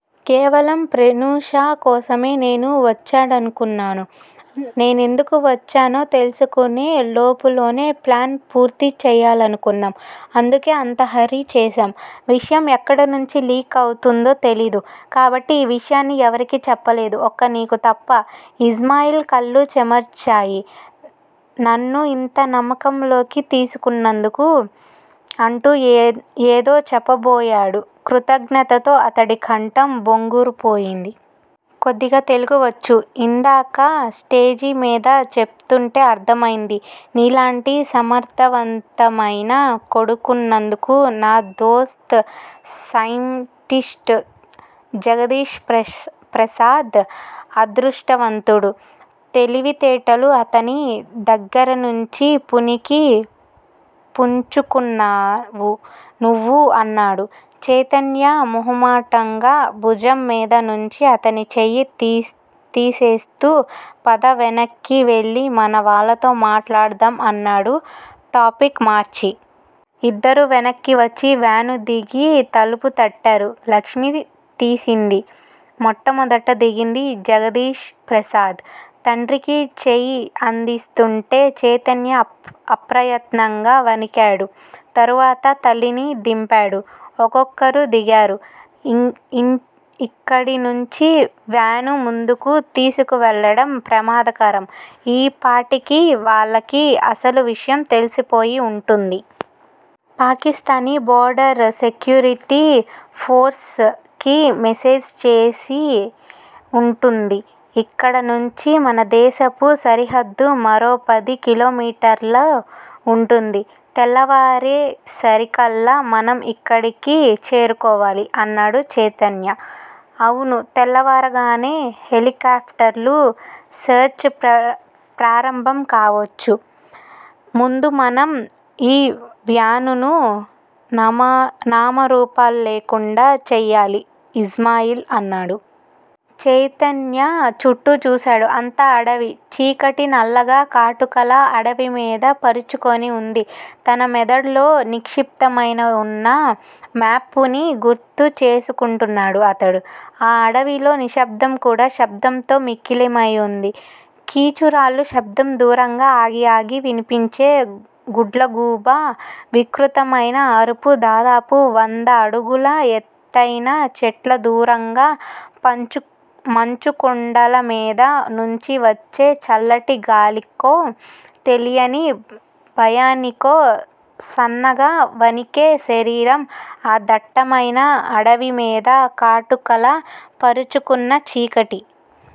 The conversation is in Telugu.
కేవలం ప్రేనూష కోసమే నేను వచ్చాడనుకున్నాను .నేనెందుకు వచ్చానో తెలుసుకునే లోపులోనే ప్లాను పూర్తి చేయాలనుకున్నాం. అందుకే అంతా హర్రీ చేశాం. విషయం ఎక్కడనుంచి 'లీక్' అవుతుందో తెలీదు. కాబట్టి ఈ విషయాన్ని ఎవరికీ చెప్పలేదు. ఒక్క నీకు తప్ప! ఇజ్మయిల్ కళ్ళు చెమర్చాయి. నన్ను యింత నమ్మకంలోకి తీసుకున్నందుకు- అంటూ ఏదో చెప్పబోయాడు కృతజ్ఞతతో అతడి కంఠం బొంగురుపోయింది. కొద్దిగా తెలుగు వచ్చు. ఇందాక స్టేజీమీద చెపుతూంటే అర్ధమైంది. నీలాంటి సమర్ధవంతమైన కొడుకున్నందుకు నా దోస్త్ సైంటిస్టు జగదీష్ ప్రసాద్ అదృష్టవంతుడు. తెలివితేటలు అతని దగ్గిర్నుంచి పుణికి పుంచుకున్నావు నువ్వు అన్నాడు. చైతన్య మొహమాటంగా భుజం మీద నుంచి అతని చెయ్యి తీసేస్తూ పద వెనక్కి వెళ్ళి మన వాళ్ళతో మాట్లాడదాం అన్నాడు టాపిక్ మార్చి. ఇద్దరూ వెనక్కి వచ్చి వ్యాను దిగి తలుపు తట్టారు. లక్ష్మి తీసింది. మొట్టమొదట దిగింది జగదీష్ ప్రసాద్! తండ్రికి చెయ్యి అందిస్తూంటే చైతన్య అప్రయత్నంగా వణికాడు. తరువాత తల్లిని దింపాడు. ఒక్కొక్కరు దిగారు. ఇక్కడినుంచి వ్యాను ముందుకు తీసుకువెళ్ళటం ప్రమాదకరం. ఈ పాటికి వాళ్ళకి అసలు విషయం తెలిసిపోయి వుంటుంది. పాకిస్తానీ బోర్డర్ సెక్యూరిటీ ఫోర్స్ కి మెసేజ్ చేసి వుంటుంది. ఇక్కడ నుంచి మనదేశపు సరిహద్దు మరో పది కిలోమీటర్ల వుంటుంది. తెల్లవారేసరికల్లా మనం ఇక్కడికి చేరుకోవాలి అన్నాడు చైతన్య. అవును తెల్లవారగానే హెలికాప్టర్లు సెర్చ్ ప్రారంభం కావొచ్చు. ముందు మనం ఈ వ్యానును నామరూపాల్లేకుండా చేయాలి ఇజ్మయిల్ అన్నాడు. చైతన్య చుట్టూ చూశాడు. అంతా అడవి! చీకటి నల్లగా, కాటుకలా అడవిమీద పరుచుకోని వుంది. తన మెదడులో నిక్షిప్తమైన వున్న మ్యాపుని గుర్తు చేసుకుంటున్నాడు అతడు. ఆ అడవిలో నిశ్శబ్దం కూడా శబ్దంతో మిక్కిలమై వుంది. కీచురాళ్ళ శబ్దం దూరంగా ఆగి ఆగి వినిపించే గుడ్లగూబ వికృతమైన అరుపు దాదాపు వంద అడుగుల ఎత్తయిన చెట్ల- దూరంగా మంచుకొండల మీద నుంచి వచ్చే చల్లటి గాలికో, తెలియని భయానికో సన్నగా వణికే శరీరం ఆ దట్టమైన అడవిమీద కాటుకలా పరుచుకున్న చీకటి.